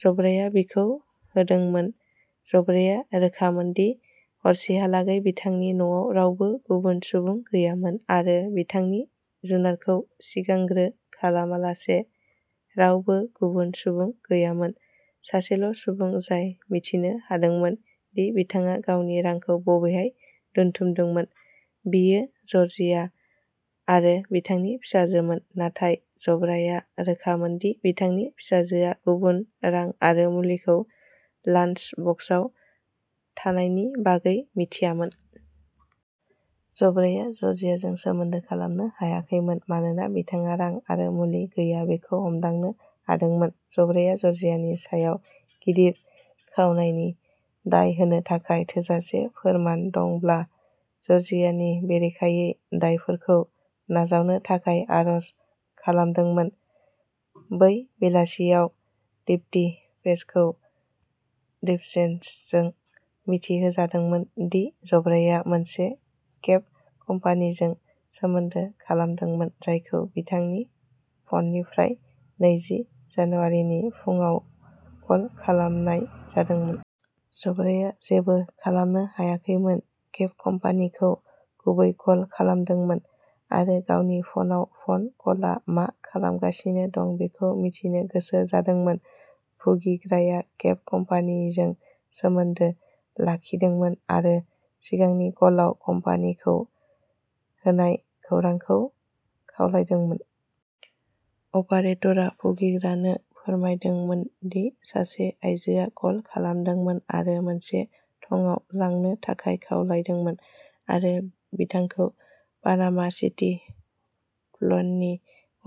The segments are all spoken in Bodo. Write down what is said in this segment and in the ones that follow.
जब्राया बिखौ होदोंमोन। जब्राया रोखामोन दि हरसेहालागै बिथांनि न'आव रावबो गुबुन सुबुं गैयामोन आरो बिथांनि जुनारखौ सिगांग्रो खालामालासे रावबो गुबुन सुबुं गैयामोन। सासेल सुबुं जाय मिथिनो हादोंमोन दि बिथाङा गावनि रांखौ बबेहाय दोनथुमदोंमोन बियो जर्जिया आरो बिथांनि फिसाजोमोन नाथाय जब्राया रोखामोन दि बिथांनि फिसाजोआ गुबुन रां आरो मुलिखौ लान्स बक्सआव थानायनि बागै मिथियामोन। जब्राया जर्जियाजों सोमोन्दो खालामनो हायाखैमोन मानोना बिथाङा रां आरो मुलि गैया बेखौ हमदांनो हादोंमोन। जब्राया जर्जियानि सायाव गिदिर खावनायनि दाय होनो थाखाय थोजासे फोरमान दंब्ला जर्जियानि बेरेखायै दायफोरखौ नाजावनो थाखाय आर'ज खालामदोंमोन। बै बेलासियाव डिप्टी पेजखौ डिस्पेचजों मिथिहोजादोंमोन दि जब्राया मोनसे केब कम्पानिजों सोमोन्दो खालामदोंमोन जायखौ बिथांनि फ'ननिफ्राय नैजि जानुवारिनि फुंआव कल खालामनाय जादोंमोन। जब्राया जेबो खालामनो हायाखैमोन। केब कम्पानिखौ गुबै कल खालामदोंमोन आरो गावनि फनाव फन कलआ मा खालामगासिनो दं बेखौ मिथिनो गोसो जादोंमोन। भुगिग्राया केब कम्पानिजों सोमोन्दो लाखिदोंमोन आरो सिगांनि कलआव कम्पानिखौ होनाय खौरांखौ खावलायदोंमोन। अपारेटरआ भुगिग्रानो फोरमायदोंमोन दि सासे आइजोआ कल खालामदोंमोन आरो मोनसे थंआव लांनो थाखाय खावलायदोंमोन आरो बिथांखौ पानामा सिटि फ्लेननि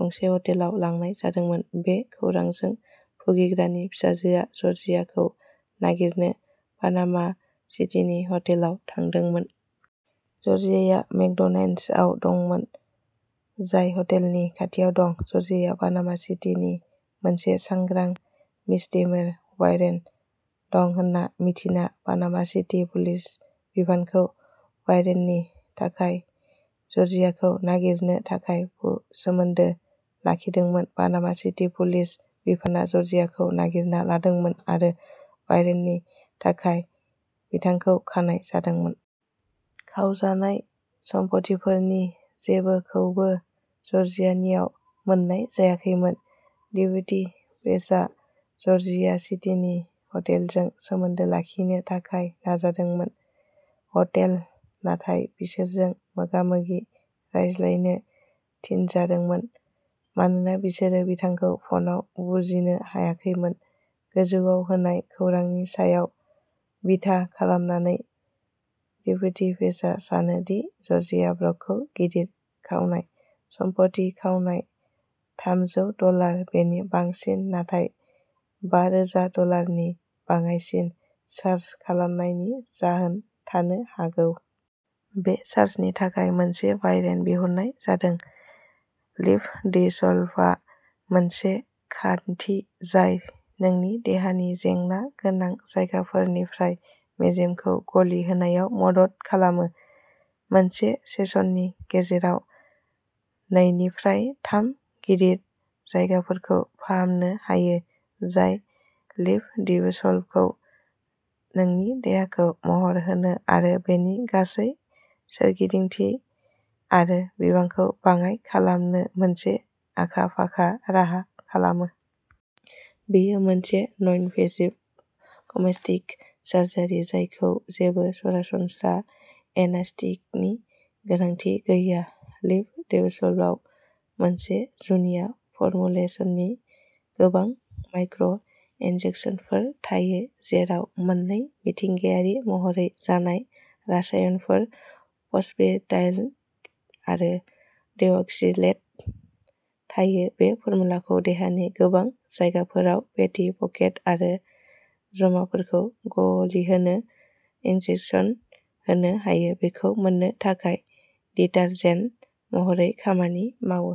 गंसे हटेलाव लांनाय जादोंमोन। बे खौरांजों भुगिग्रानि फिसाजोआ जर्जियाखौ नागिरनो पानामा सिटीनि हटेलाव थांदोंमोन। जर्जिया मेकडोनाल्ड्सआव दंमोन जाय हटेलनि खाथियाव दं। जर्जियाहा पानामा सिटीनि मोनसे सांग्रां मिसडिमेनर वारेन्ट दं होन्ना मिन्थिना पानामा सिटी पुलिस बिफानखौ वारन्टनि थाखाय जर्जियाखौ नागिरनो थाखाय सोमोन्दो लाखिदोंमोन। पानामा सिटी पुलिस बिफानआ जर्जियाखौ नागिरना लादोंमोन आरो वारन्टनि थाखाय बिथांखौ खानाय जादोंमोन। खावजानाय सम्पथिफोरनि जेबोखौबो जर्जियानियाव मोन्नाय जायाखैमोन। डेप्युटी पेजआ जर्जिया सिटिनि हटेलजों सोमोन्दो लाखिनो थाखाय नाजादोंमोन। हटेल नाथाय बिसोरजों मोगामोगि रायज्लायनो थिनजादोंमोन मानोना बिसोरो बिथांखौ फनआव बुजिनो हायाखैमोन। गोजौआव होनाय खौरांनि सायाव बिथा खालामनानै डेप्युटी पेजआ सानो दि जर्जिया ब्रकखौ गिदिर खावनाय, सम्पथि खावनाय थामजौ डलार बेनि बांसिन नाथाय बारोजा डलारनि बाङाइसिन चार्ज खालामनायनि जाहोन थानो हागौ। बे चार्जनि थाखाय मोनसे वारेन्ट बिहरनाय जादों। लिप'डिसलभआ मोनसे खान्थि जाय नोंनि देहानि जेंना गोनां जायगाफोरनिफ्राय मेजेमखौ गलिहोनायाव मदद खालामो। मोनसे सेसननि गेजेराव नैनिफ्राय थाम गिदिर जायगाफोरखौ फाहामनो हायो। जाय लिप'डिसलभखौ नोंनि देहाखौ महर होनो आरो बेनि गासै सोरगिदिंथि आरो बिबांखौ बाङाइ खालामनो मोनसे आखा-फाखा राहा खालामो। बेयो मोनसे ननइनभेसिभ कस्मेटिक सार्जारि जायखौ जेबो सरासनस्रा एनास्थेटिकनि गोनांथि गैया। लिप'डिसलभआव मोनसे जुनिया फर्मुलेसननि गोबां माइक्र'- इन्जेक्सनफोर थायो जेराव मोननै मिथिंगायारि महरै जानाय रासायनफोर फस्फेटिडाइलक'लिन आरो डिअक्सिक'लेट थायो। बे फर्मुलाखौ देहानि गोबां जायगाफोराव फेटि पकेट आरो जमाफोरखौ गलिहोनो इन्जेकसन होनो हायो। बेखौ मोननो थाखाय डिटारजेन्ट महरै खामानि मावो।